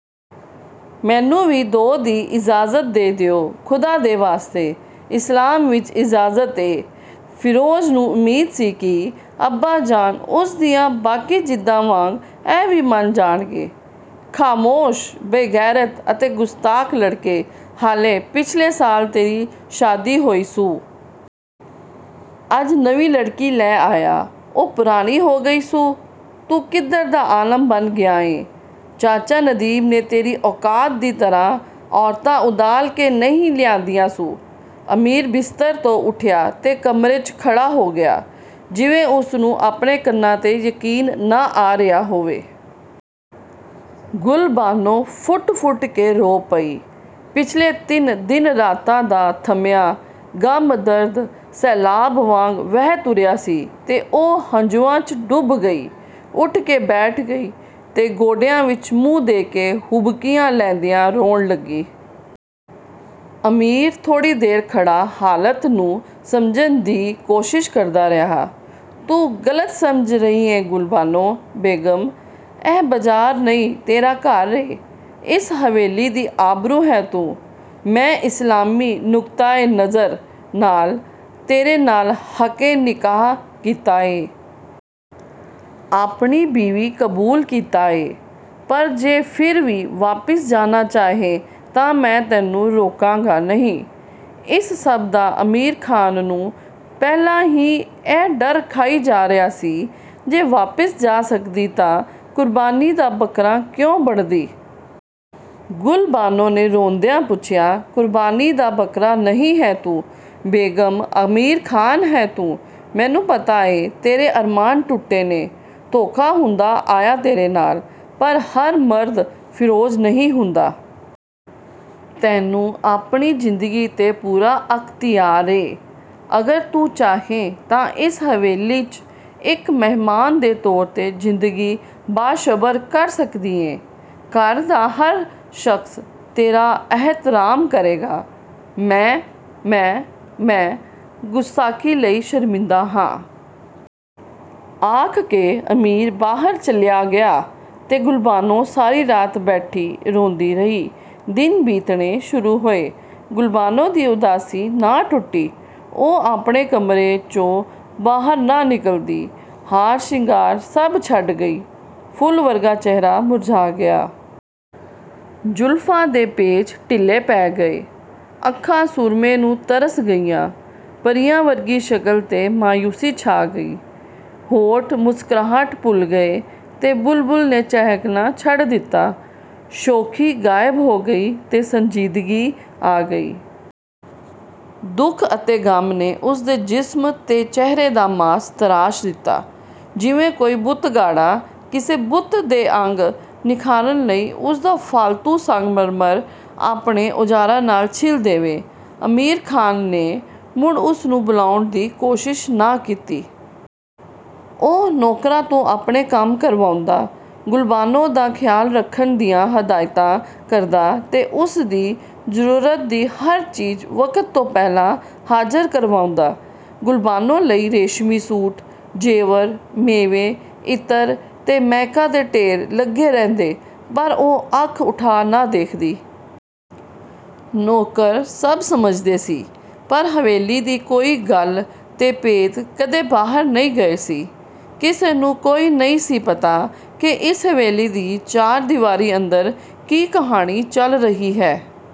ਮੈਨੂੰ ਵੀ ਦੋ ਦੀ ਇਜਾਜ਼ਤ ਦੇ ਦਿਉ ਖ਼ੁਦਾ ਦੇ ਵਾਸਤੇ..! ਇਸਲਾਮ ਵਿੱਚ ਇਜਾਜ਼ਤ ਏ। ਫਿਰੋਜ਼ ਨੂੰ ਉਮੀਦ ਸੀ ਕਿ ਅੱਬਾ ਜਾਨ, ਉਸਦੀਆ ਬਾਕੀ ਜ਼ਿੱਦਾਂ ਵਾਂਗ ਇਹ ਵੀ ਮੰਨ ਜਾਣਗੇ…! "ਖਾਮੌਸ਼… ਬੇਗੈਰਤ ਅਤੇ ਗੁਸਤਾਖ ਲੜਕੇ… ਹਾਲੇ ਪਿਛਲੇ ਸਾਲ ਤੇਰੀ ਸ਼ਾਦੀ ਹੋਈ ਸੂ। ਅੱਜ ਨਵੀ ਲੜਕੀ ਲੈ ਆਇਆ। ਉਹ ਪੁਰਾਣੀ ਹੋ ਗਈ ਸੂ…! ਤੂੰ ਕਿਧਰ ਦਾ ਆਲਮ ਬਣ ਗਿਆ ਏ…! ਚਾਚਾ ਨਦੀਮ ਨੇ ਤੇਰੀ ਔਕਾਤ ਦੀ ਤਰ੍ਹਾਂ ਔਰਤਾਂ ਉਧਾਲ ਕੇ ਨਹੀ ਲਿਆਦੀਆਂ ਸੂ। ਅਮੀਰ ਬਿਸਤਰ ਤੋਂ ਉਠਿਆਂ ਤੇ ਕਮਰੇ, ਚ' ਖੜ੍ਹਾ ਹੋ ਗਿਆ, ਜਿਵੇਂ ਉਸਨੂੰ ਆਪਣੇ ਕੰਨਾਂ ਤੇ ਯਕੀਨ ਨਾ ਆ ਰਿਹਾਂ ਹੋਵੇ। ਗੁਲਬਾਨੋ ਫੁੱਟ-ਫੁੱਟ ਕੇ ਰੋ ਪਈ। ਪਿਛਲੇ ਤਿੰਨ, ਦਿਨ-ਰਾਤਾਂ ਦਾ ਥੰਮਿਆਂ 'ਗਮ-ਦਰਦ', ਸੈਲਾਬ ਵਾਂਗ ਵਹਿ ਤੁਰਿਆ ਸੀ ਤੇ ਉਹ ਹੰਝੂਆਂ, ਚ' ਡੁੱਬ ਗਈ। ਉਠ ਕੇ ਬੈਠ ਗਈ ਤੇ ਗੋਡਿਆ ਵਿੱਚ ਮੂੰਹ ਦੇ ਕੇ ਹੁਬਕੀਆਂ ਲੈਦੀਆਂ ਰੋਣ ਲੱਗੀ। ਅਮੀਰ ਥੋੜ੍ਹੀ ਦੇਰ ਖੜ੍ਹਾ ਹਾਲਤ ਨੂੰ ਸਮਝਣ ਦੀ ਕੋਸ਼ਿਸ ਕਰਦਾ ਰਿਹਾ। "ਤੂੰ ਗਲਤ ਸਮਝ ਰਹੀ ਏਂ ਗੁਲਬਾਨੋ ਬੇਗਮ ".. ਇਹ ਬਜ਼ਾਰ ਨਹੀਂ ਤੇਰਾ ਘਰ ਏਂ। ਇਸ ਹਵੇਲੀ ਦੀ ਆਬਰੂ ਹੈ ਤੂੰ… ਮੈਂ ਇਸਲਾਮੀ ਨੁੱਕਤਾ-ਏ-ਨਜ਼ਰ ਨਾਲ, ਤੇਰੇ ਨਾਲ ਹੱਕ-ਏ-ਨਿਕਾਹ ਕੀਤਾ ਏਂ। ਆਪਣੀ ਬੀਵੀ ਕਬੂਲ ਕੀਤਾ ਏਂ। ਪਰ ਜੇ ਫਿਰ ਵੀ ਵਾਪਿਸ ਜਾਣਾ ਚਾਹੇ ਤਾਂ ਮੈਂ ਤੈਨੂੰ ਰੋਕਾਗਾ ਨਹੀ…! ਇਸ ਸਭ ਦਾ ਅਮੀਰ ਖ਼ਾਨ ਨੂੰ ਪਹਿਲਾਂ ਹੀ ਇਹ ਡਰ ਖਾਈ ਜਾ ਰਿਹਾ ਸੀ। "ਜੇ ਵਾਪਿਸ ਜਾ ਸਕਦੀ ਤਾਂ ਕੁਰਬਾਨੀ ਦਾ ਬਕਰਾ ਕਿਉਂ ਬਣਦੀ",! ਗੁਲਬਾਨੋ ਨੇ ਰੋਂਦਿਆ ਪੁੱਛਿਆ…! "ਕੁਰਬਾਨੀ ਦਾ ਬੱਕਰਾ ਨਹੀ ਹੈ ਤੂੰ.. ਬੇਗਮ ਅਮੀਰ ਖਾਨ ਹੈ ਤੂੰ …। ਮੈਨੂੰ ਪਤਾ ਏ ਤੇਰੇ ਅਰਮਾਨ ਟੁੱਟੇ ਨੇ, ਧੋਖਾ ਹੁੰਦਾਂ ਆਇਆ ਤੇਰੇ ਨਾਲ, ਪਰ ਹਰ ਮਰਦ ਫਿਰੋਜ ਨਹੀ ਹੁੰਦਾ। ਤੈਨੂੰ ਆਪਣੀ ਜ਼ਿੰਦਗੀ ਤੇ ਪੂਰਾ ਅਖਤਿਆਰ ਏਂ। ਅਗਰ ਤੂੰ ਚਾਹੇ ਤਾਂ ਇਸ ਹਵੇਲੀ, ਚ' ਇਕ ਮਹਿਮਾਨ ਦੇ ਤੌਰ ਤੇ ਜ਼ਿੰਦਗੀ ਬਾਸ਼ਬਰ ਕਰ ਸਕਦੀ ਏਂ..!! ਘਰ ਦਾ ਹਰ ਸ਼ਖਸ ਤੇਰਾ ਅਹਿਤਰਾਮ ਕਰੇਗਾ। ਮੈਂ….. ਮੈਂ…… ਮੈਂ ਗੁਸਤਾਖੀ ਲਈ ਸ਼ਰਮਿੰਦਾ ਹਾਂ। ਆਖਕੇ, ਅਮੀਰ ਬਾਹਰ ਚਲਿਆ ਗਿਆ ਤੇ ਗੁਲਬਾਨੋ ਸਾਰੀ ਰਾਤ ਬੈਠੀ ਰੋਂਦੀ ਰਹੀ। ਦਿਨ ਬੀਤਣੇ ਸੁਰੂ ਹੋਏ, ਗੁਲਬਾਨੋ ਦੀ ਉਦਾਸੀ ਨਾ ਟੁੱਟੀ। ਉਹ ਆਪਣੇ ਕਮਰੇ, ਚੋਂ ਬਾਹਰ ਨਾ ਨਿੱਕਲਦੀ। ਹਾਰ ਸਿੰਗਾਰ ਸੱਭ ਛੱਡ ਗਈ, ਫੁੱਲ ਵਰਗਾ ਚਿਹਰਾ ਮੁਰਝਾ ਗਿਆ। ਜ਼ੁਲਫ਼ਾ ਦੇ ਪੇਚ ਢਿੱਲੇ ਪੈ ਗਏ। ਅੱਖਾਂ ਸੁਰਮੇ ਨੂੰ ਤਰਸ਼ ਗਈਆ। ਪਰੀਆ ਵਰਗੀ ਸ਼ਕਲ ਤੇ ਮਾਯੂਸੀ ਛਾ ਗਈ। ਹੋਂਠ ਮੁਸਕ੍ਰਾਹਟ ਭੁੱਲ ਗਏ ਤੇ ਬੁਲਬਲ ਨੇ ਚਹਿਕਣਾ ਛੱਡ ਦਿਤਾ। ਸ਼ੋਖੀ ਗਾਇਬ ਹੋ ਗਈ ਤੇ ਸੰਜੀਦਗੀ ਆ ਗਈ। ਦੁਖ ਅਤੇ ਗਮ ਨੇ ਉਸਦੇ ਜ਼ਿਸਮ ਤੇ ਚਿਹਰੇ ਦਾ ਮਾਸ ਤਰਾਸ਼ ਦਿਤਾ… ਜਿਵੇਂ ਕੋਈ ਬੁੱਤਘਾੜਾ ਕਿਸੇ ਬੁੱਤ ਦੇ ਅੰਗ ਨਿਖਾਰਨ ਲਈ ਉਸਦਾ ਫਾਲਤੂ ਸੰਗਮਰਮਰ ਆਪਣੇ ਔਜ਼ਾਰਾਂ ਨਾਲ ਛਿੱਲ ਦੇਵੇ। ਅਮੀਰ ਖ਼ਾਨ ਨੇ, ਮੁੜ ਉਸਨੂੰ ਬਲਾਉਣ ਦੀ ਕੋਸ਼ਿਸ ਨਾ ਕੀਤੀ। ਉਹ ਨੌਕਰਾ ਤੋਂ ਆਪਣੇ ਕੰਮ ਕਰਵਾਉਦਾ। ਗੁਲਬਾਨੋ ਦਾ ਖ਼ਿਆਲ ਰੱਖਣ ਦੀਆਂ ਹਦਾਇਤਾਂ ਕਰਦਾ ਤੇ ਉਸ ਦੀ ਜ਼ਰੂਰਤ ਦੀ ਹਰ ਚੀਜ਼ ਵਕਤ ਤੋਂ ਪਹਿਲਾਂ ਹਾਜ਼ਰ ਕਰਵਾਉਦਾ। ਗੁਲਬਾਨੋ ਲਈ ਰੇਸ਼ਮੀ ਸੂਟ, ਜੇਵਰ, ਮੇਵੇ, ਇਤਰ ਤੇ ਮਹਿਕਾ ਦੇ ਢੇਰ ਲੱਗੇ ਰਹਿੰਦੇ ਪਰ ਉਹ ਅੱਖ ਉਠਾ ਨਾ ਦੇਖਦੀ। ਨੌਕਰ ਸਭ ਸਮਝਦੇ ਸੀ, ਪਰ ਹਵੇਲੀ ਦੀ ਕੋਈ ਗੱਲ ਤੇ ਭੇਤ ਕਦੇ ਬਾਹਰ ਨਹੀ ਗਏ ਸੀ। ਕਿਸੇ ਨੂੰ ਕੋਈ ਨਹੀਂ ਸੀ ਪਤਾ ਕੇ ਇਸ ਹਵੇਲੀ ਦੀ ਚਾਰ ਦੀਵਾਰੀ ਅੰਦਰ ਕੀ ਕਹਾਣੀ ਚੱਲ ਰਹੀ ਹੈ।